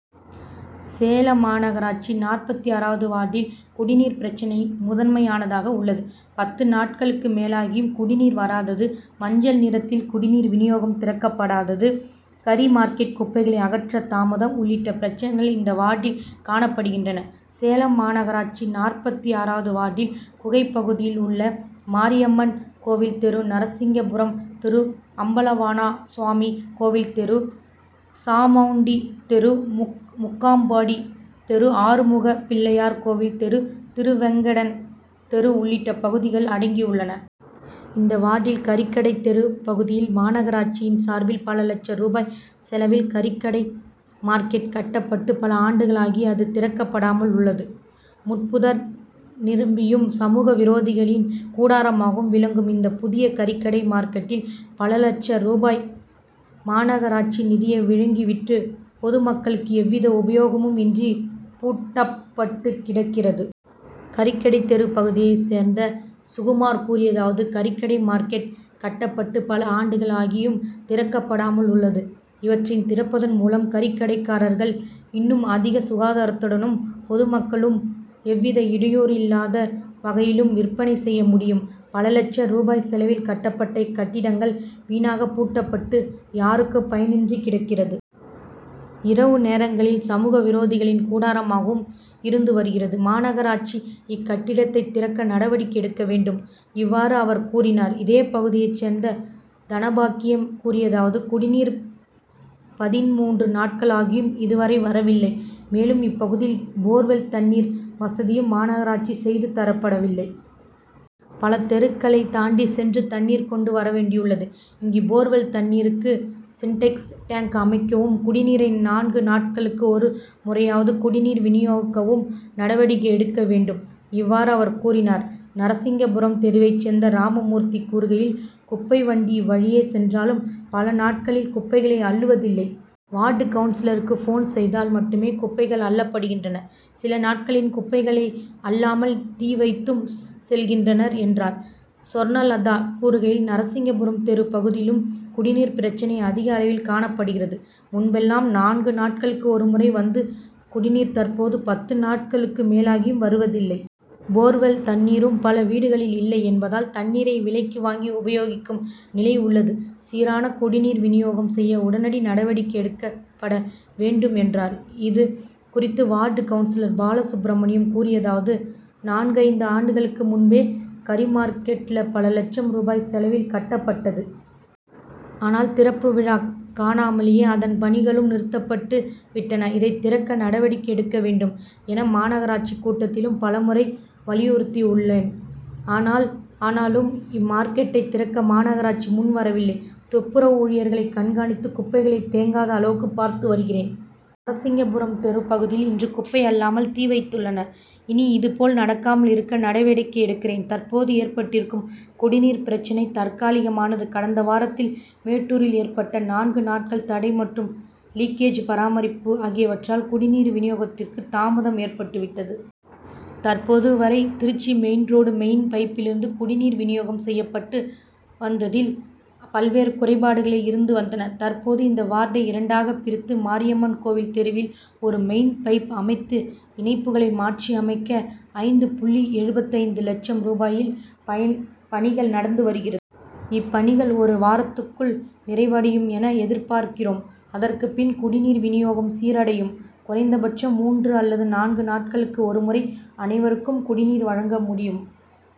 சேலம் மாநகராட்சி நாற்பத்து ஆறாவது வார்டில் குடிநீர் பிரச்னை முதன்மையானதாக உள்ளது. பத்து நாட்களுக்கு மேலாகியும் குடிநீர் வராதது மஞ்சள் நிறத்தில் குடிநீர் வினியோகம் திறக்கப்படாத கறி மார்க்கெட் குப்பைகள் அகற்ற தாமதம் உள்ளிட்ட பிரச்னைகள் இந்த வார்டில் காணப்படுகின்றன. சேலம் மாநகராட்சி நாற்பத்து ஆறாவது வார்டில் குகை பகுதியில் உள்ள மாரியம்மன் கோவில் தெரு நரசிங்கபுரம் தெரு அம்பலவாண ஸ்வாமி கோவில் தெரு சாமுண்டி தெரு முக்காம்பாடி தெரு ஆறுமுக பிள்ளையார் கோவில் தெரு திருவேங்கடன் தெரு உள்ளிட்ட பகுதிகள் அடங்கியுள்ளன. இந்த வார்டில் கறிக்கடை தெரு பகுதியில் மாநகராட்சியின் சார்பில் பல லட்சம் ரூபாய் செலவில் கறிக்கடை மார்க்கெட் கட்டப்பட்டு பல ஆண்டுகளாகியும் அது திறக்கப்படாமல் உள்ளது. முட்புதர் நிரம்பியும் சமூக விரோதிகளின் கூடாரமாகவும் விளங்கும் இந்த புதிய கறிக்கடை மார்க்கெட் பல லட்சம் ரூபாய் மாநகராட்சி நிதியை விழுங்கிவிட்டு பொதுமக்களுக்கு எவ்வித உபயோகமும் இன்றி பூட்டப்பட்டு கிடக்கிறது. கறிக்கடை தெரு பகுதியை சேர்ந்த சுகுமார் கூறியதாவது கறிக்கடை மார்க்கெட் கட்டப்பட்டு பல ஆண்டுகளாகியும் திறக்கப்படாமல் உள்ளது. இவற்றை திறப்பதன் மூலம் கறிக்கடைக்காரர்கள் இன்னும் அதிக சுகாதாரத்துடனும் பொதுமக்களும் எவ்வித இடையூறும் இல்லாத வகையிலும் விற்பனை செய்ய முடியும். பல லட்சம் ரூபாய் செலவில் கட்டப்பட்ட இக்கட்டிடங்கள் வீணாக பூட்டப்பட்டு யாருக்கும் பயனின்றி கிடக்கிறது. இரவு நேரங்களில் சமூக விரோதிகளின் கூடாரமாகவும் இருந்து வருகிறது. மாநகராட்சி இக்கட்டிடத்தை திறக்க நடவடிக்கை எடுக்க வேண்டும். இவ்வாறு அவர் கூறினார். இதே பகுதியை சேர்ந்த தனபாக்கியம் கூறியதாவது குடிநீர் பதின்மூன்று நாட்களாகியும் இதுவரை வரவில்லை. மேலும் இப்பகுதியில் போர்வெல் தண்ணீர் வசதியும் மாநகராட்சி செய்து தரப்படவில்லை. பல தெருக்களை தாண்டி சென்று தண்ணீர் கொண்டு வரவேண்டியுள்ளது. இங்கு போர்வெல் தண்ணீருக்கு சின்டெக்ஸ் டேங்க் அமைக்கவும் குடிநீரை நான்கு நாட்களுக்கு ஒரு முறையாவது குடிநீர் வினியோகிக்கவும் நடவடிக்கை எடுக்க வேண்டும். இவ்வாறு அவர் கூறினார். நரசிங்கபுரம் தெருவை சேர்ந்த ராமமூர்த்தி கூறுகையில் குப்பை வண்டி இவ்வழியே சென்றாலும் பல நாட்களில் குப்பைகளை அள்ளுவதில்லை. வார்டு கவுன்சிலருக்கு ஃபோன் செய்தால் மட்டுமே குப்பைகள் அள்ளப்படுகின்றன. சில நாட்களில் குப்பைகளை அள்ளாமல் தீ வைத்தும் செல்கின்றனர் என்றார். சொர்ணலதா கூறுகையில் நரசிங்கபுரம் தெரு பகுதியிலும் குடிநீர் பிரச்னை அதிக அளவில் காணப்படுகிறது. முன்பெல்லாம் நான்கு நாட்களுக்கு ஒரு முறை வந்த குடிநீர் தற்போது பத்து நாட்களுக்கு மேலாகியும் வருவதில்லை. போர்வெல் தண்ணீரும் பல வீடுகளில் இல்லை என்பதால் தண்ணீரை விலைக்கு வாங்கி உபயோகிக்கும் நிலை உள்ளது. சீரான குடிநீர் வினியோகம் செய்ய உடனடி நடவடிக்கை எடுக்கப்பட வேண்டும் என்றார். இது குறித்து வார்டு கவுன்சிலர் பாலசுப்ரமணியம் கூறியதாவது நான்கைந்து ஆண்டுகளுக்கு முன்பே கறிமார்க்கெட்ல பல லட்சம் ரூபாய் செலவில் கட்டப்பட்டது. ஆனால் திறப்பு விழா காணாமலேயே அதன் பணிகளும் நிறுத்தப்பட்டு விட்டன. இதை திறக்க நடவடிக்கை எடுக்க வேண்டும் என மாநகராட்சி கூட்டத்திலும் பல முறை வலியுறுத்தியுள்ளேன். ஆனாலும் இம்மார்க்கெட்டை திறக்க மாநகராட்சி முன் வரவில்லை. துப்புரவு ஊழியர்களை கண்காணித்து குப்பைகள் தேங்காத அளவுக்கு பார்த்து வருகிறேன். நரசிங்கபுரம் தெரு பகுதியில் இன்று குப்பை அள்ளாமல் தீ வைத்துள்ளனர். இனி இதுபோல் நடக்காமல் இருக்க நடவடிக்கை எடுக்கிறேன். தற்போது ஏற்பட்டிருக்கும் குடிநீர் பிரச்சனை தற்காலிகமானது. கடந்த வாரத்தில் மேட்டூரில் ஏற்பட்ட நான்கு நாட்கள் தடை மற்றும் லீக்கேஜ் பராமரிப்பு ஆகியவற்றால் குடிநீர் வினியோகத்துக்கு தாமதம் ஏற்பட்டு விட்டது. தற்போது வரை திருச்சி மெயின் ரோடு மெயின் பைப்பிலிருந்து குடிநீர் வினியோகம் செய்யப்பட்டு வந்ததில் பல்வேறு குறைபாடுகள் இருந்து வந்தன. தற்போது இந்த வார்டை இரண்டாக பிரித்து மாரியம்மன் கோவில் தெருவில் ஒரு மெயின் பைப் அமைத்து இணைப்புகளை மாற்றியமைக்க ஐந்து புள்ளி எழுபத்தைந்து லட்சம் ரூபாயில் பணிகள் நடந்து வருகிறது. இப்பணிகள் ஒரு வாரத்துக்குள் நிறைவடையும் என எதிர்பார்க்கிறோம். அதற்கு பின் குடிநீர் வினியோகம் சீரடையும் குறைந்தபட்சம் மூன்று அல்லது நான்கு நாட்களுக்கு ஒரு முறை அனைவருக்கும் குடிநீர் வழங்க முடியும்.